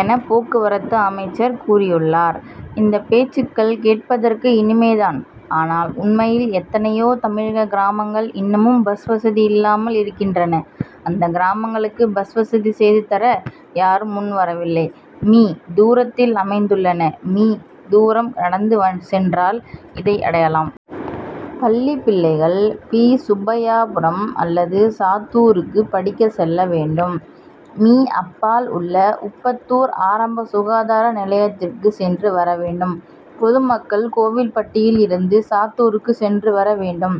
என போக்குவரத்து அமைச்சர் கூறியுள்ளார். இந்த பேச்சுக்கள் கேட்பதற்கு இனிமை தான். ஆனால் உண்மையில் எத்தனையோ தமிழக கிராமங்கள் இன்னமும் பஸ் வசதி இல்லாமல் இருக்கின்றன. அந்த கிராமங்களுக்கு பஸ் வசதி செய்து தர யாரும் முன் வரவில்லை. மீ. தூரத்தில் அமைந்துள்ளன. மீ. தூரம் நடந்து சென்றால் இதை அடையலாம். பள்ளி பிள்ளைகள் பி. சுப்பையாபுரம் அல்லது சாத்தூருக்கு படிக்க செல்ல வேண்டும். மீ. அப்பால் உள்ள உப்பத்தூர் ஆரம்ப சுகாதார நிலையத்திற்கு சென்று வர வேண்டும். பொதுமக்கள் கோவில்பட்டியில் இருந்து சாத்தூருக்கு சென்று வர வேண்டும்.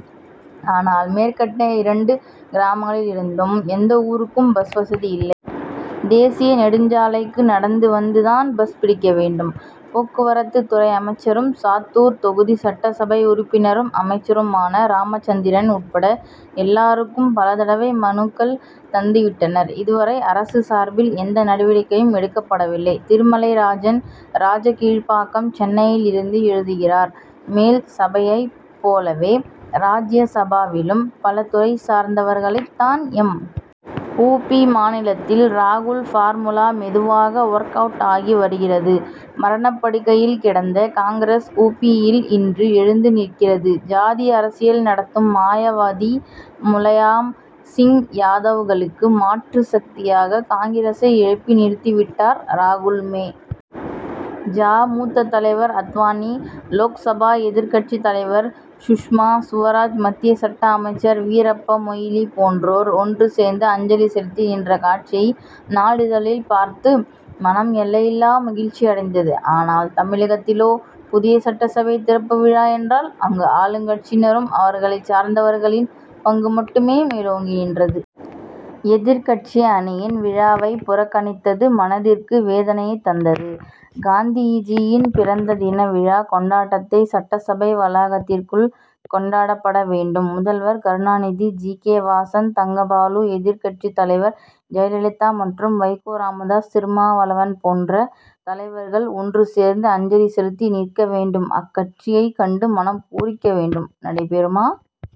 ஆனால் மேற்கண்ட இரண்டு கிராமங்களிலிருந்தும் எந்த ஊருக்கும் பஸ் வசதி இல்லை. தேசிய நெடுஞ்சாலைக்கு நடந்து வந்து தான் பஸ் பிடிக்க வேண்டும். போக்குவரத்து துறை அமைச்சரும் சாத்தூர் தொகுதி சட்டசபை உறுப்பினரும் அமைச்சருமான ராமச்சந்திரன் உட்பட எல்லாருக்கும் பல தடவை மனுக்கள் தந்து விட்டனர். இதுவரை அரசு சார்பில் எந்த நடவடிக்கையும் எடுக்கப்படவில்லை. திருமலைராஜன் ராஜகீழ்பாக்கம் சென்னையிலிருந்து எழுதுகிறார் மேல்சபையைப் போலவே ராஜ்யசபாவிலும் பல துறை சார்ந்தவர்களைத் தான் எம். உ. பி. மாநிலத்தில் ராகுல் பார்முலா மெதுவாக ஒர்க் அவுட் ஆகி வருகிறது. மரணப் படுக்கையில் கிடந்த காங்கிரஸ் உ. பி.யில் இன்று எழுந்து நிற்கிறது. ஜாதி அரசியல் நடத்தும் மாயாவதி முலாயம் சிங் யாதவ்களுக்கு மாற்று சக்தியாக காங்கிரசை எழுப்பி நிறுத்திவிட்டார் ராகுல். மே. ஜ. மூத்த தலைவர் அத்வானி லோக்சபா எதிர்க்கட்சி தலைவர் சுஷ்மா சுவராஜ் மத்திய சட்ட அமைச்சர் வீரப்ப மொய்லி போன்றோர் ஒன்று சேர்ந்து அஞ்சலி செலுத்தி நின்ற காட்சியை நாளிதழில் பார்த்து மனம் எல்லையில்லா மகிழ்ச்சி அடைந்தது. ஆனால் தமிழகத்திலோ புதிய சட்டசபை திறப்பு விழா என்றால் அங்கு ஆளுங்கட்சியினரும் அவர்களைச் சார்ந்தவர்களின் பங்கு மட்டுமே மேலோங்கி நின்றது. எதிர்க்கட்சி அணியின் விழாவை புறக்கணித்தது மனதிற்கு வேதனையைத் தந்தது. காந்திஜியின் பிறந்த தின விழா கொண்டாட்டத்தை சட்டசபை வளாகத்திற்குள் கொண்டாடப்பட வேண்டும். முதல்வர் கருணாநிதி ஜி. கே. வாசன் தங்கபாலு எதிர்க்கட்சி தலைவர் ஜெயலலிதா மற்றும் வைகோ ராமதாஸ் திருமாவளவன் போன்ற தலைவர்கள் ஒன்று சேர்ந்து அஞ்சலி செலுத்தி நிற்க வேண்டும். அக்காட்சியை கண்டு மனம் பூரிக்க வேண்டும். நடைபெறுமா?